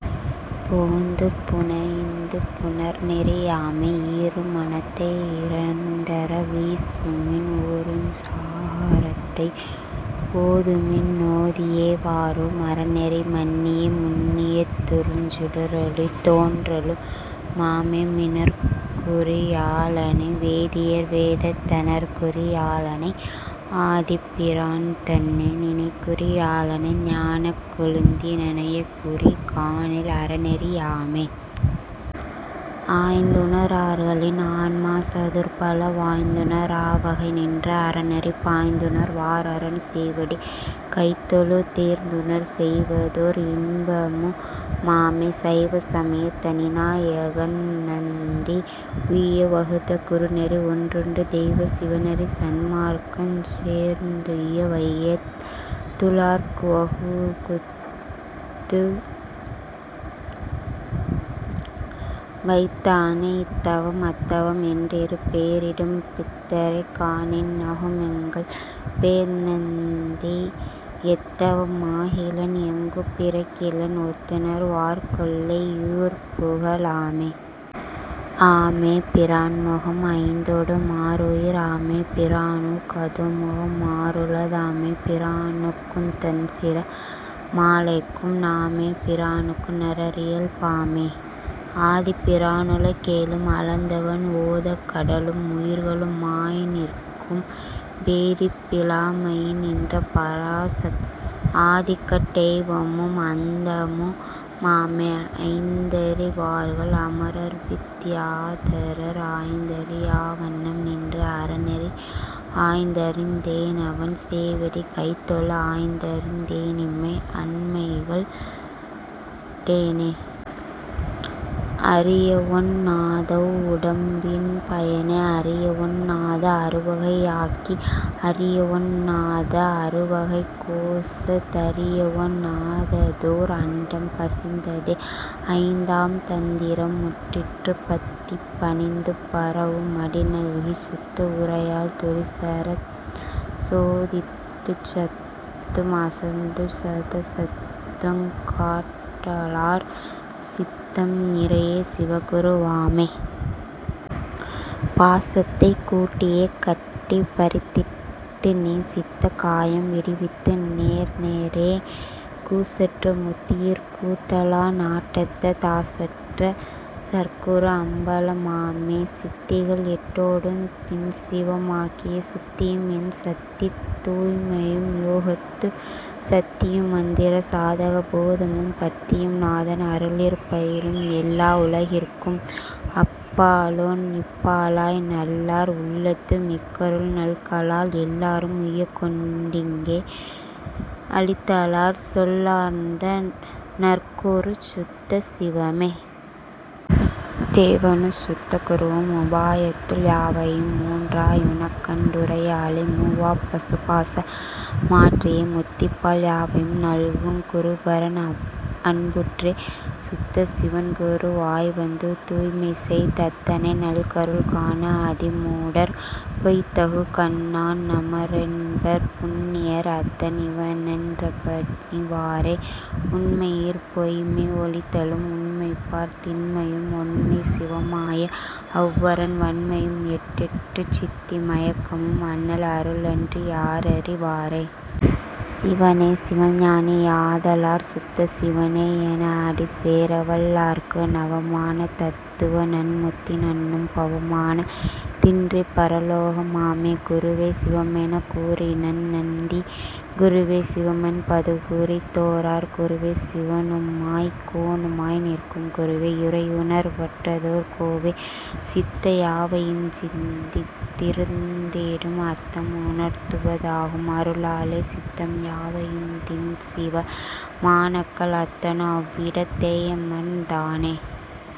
போந்து புனைந்து புணர்நெறி யாமே. ஈரு மனத்தை யிரண்டற வீசுமின் ஊருஞ் சகாரத்தை ஓதுமின் னோதியே வாரு மரநெறி மன்னியே முன்னியத் தூருஞ் சுடரொளி தோன்றலு மாமே மினற்குறி யாளனை வேதியர் வேதத் தனற்குறி யாளனை ஆதிப் பிரான்தன்னை நினைக்குறி யாளனை ஞானக் கொழுந்தி னயக்குறி காணில் அரநெறி யாமே. ஆய்ந்துண ரார்களின் ஆன்மாச் சதுர்பல வாய்ந்துண ராவகை நின்ற அரனெறி பாய்ந்துணர் வார் அரன் சேவடி கை தொழுதேர்ந்துதணர் செய்வதோர் இன்பமு மாமே. சைவ சமயத் தனிநா யகன்நந்தி உய்ய வகுத்த குருநெறி ஒன்றுண்டு தெய்வச் சிவநெறி சன்மார்க்கஞ் சேர்ந்துய்ய வையத் துளார்க்குவகுத்துவைத் தானே. இத்தவம் அத்தவம் என்றிரு பேரிடும் பித்தரைக் காணின் நகுமெங்கள் பேர்நந்தி எத்தவ மாகிலென் எங்குப் பிறக்கிலென் ஒத்துணர் வார்க்கொல்லை யூர்புக லாமே. ஆமே பிரான்முகம் ஐந்தொடு மாருயிர் ஆமே பிரானுக் கதோமுக மாறுள தாமே பிரானுக்குந் தன்சிர மாலைக்கும் நாமே பிரானுக்கு நரரியல் பாமே. ஆதிப்பிரானுல கேழும் அளந்தவன் ஓதக் கடலும் உயிர்களு மாய்நிற்கும் பேதிப் பிலாமையின் நின்ற பராசத் ஆதிக்கட் டெய்வமும் அந்தமு மாமே. ஆய்ந்தறி வார்கள் அமரர்வித் தியாதரர் ஆய்ந்தறி யாவண்ணம் நின்ற அரனெறி ஆய்ந்தறிந் தேனவன் சேவடி கைதொழ ஆய்ந்தறிந் தேனிம்மை அம்மைகண் டேனே. அறியவொண் ணாதவ் வுடம்பின் பயனை அறியவொண் ணாத அறுவகை யாக்கி அறியவொண் ணாத அறுவகைக் கோசத் தறியவொண் ணாததோர் அண்டம் பதிந்ததே. ஐந்தாம் தந்திரம் முற்றிற்று பத்திப் பணித்துப் பரவு மடிநல்கிச் சுத்த வுரையால் துரிசறச் சோதித்துச் சத்தும் அசத்துஞ் சதசத்தங் காட்டலாற் சித்தம் இறையே சிவகுரு வாமே. பாசத்தைக் கூட்டியே கட்டிப் பறித்திட்டு நேசித்த காயம் விடிவித்து நேர்நேரே கூசற்ற முத்தியிற் கூட்டலா நாட்டத்த தாசற்ற சற்குரு அம்பலமாமே. சித்திகள் எட்டோடுந் திண்சிவ மாக்கிய சுத்தியும் எண்சத்தித் தூய்மையும் யோகத்துச் சத்தியும்மந்திர சாதக போதமும் பத்தியும் நாதன் அருளிற் பயிலுமே. எல்லா உலகிற்கும் அப்பாலோன் இப்பாலாய் நல்லார் உள்ளத்து மிக்கருள் நல்கலால் எல்லாரும் உய்யக்கொண் டிங்கே அளித்தலாற் சொல்லார்ந்த நற்குருச் சுத்த சிவமே. தேவனுஞ் சுத்த குருவும் உபாயத்துள் யாவையும் மூன்றா யுனக்கண் டுரையாலே மூவாப் பசுபாச மாற்றியே முத்திப்பால் யாவையும் நல்குங் குருபரன் அன்புற்றே. சுத்த சிவன்குரு வாய்வந்து தூய்மைசெய் தத்தனை நல்கருள் காணா அதிமூடர் பொய்த்தகு கண்ணான் நமரென்பர் புண்ணியர் அத்தன் இவனென் றடிபணிவாரே. உண்மையிற் பொய்மை ஒழித்தலும் உண்மைப்பார் திண்மையும் ஒண்மைச் சிவமாய அவ்வரன் வண்மையும் எட்டெட்டுச் சித்தி மயக்கமும் அண்ணல் அருளன்றி யாரறி வாரே. சிவனே சிவஞானி யாதலாற் சுத்த சிவனே யெனஅடி சேரவல் லார்க்கு நவமான தத்துவ நன்முத்தி நண்ணும் பவமான தின்றிப் பரலோக மாமே. குருவே சிவமெனக் கூறினன் நந்தி குருவே சிவமென் பதுகுறித் தோரார் குருவே சிவனுமாய்க் கோனுமாய் நிற்கும் குருவே யுரையுணர் வற்றதோர் கோவே. சித்த யாவையுஞ் சிந்தித் திருந்திடும் அத்தம் உணர்த்துவ தாகும் அருளாலே சித்தம் யாவையுந் திண்சிவ மானக்கால் அத்தனும் அவ்விடத் தேயமர்ந் தானே.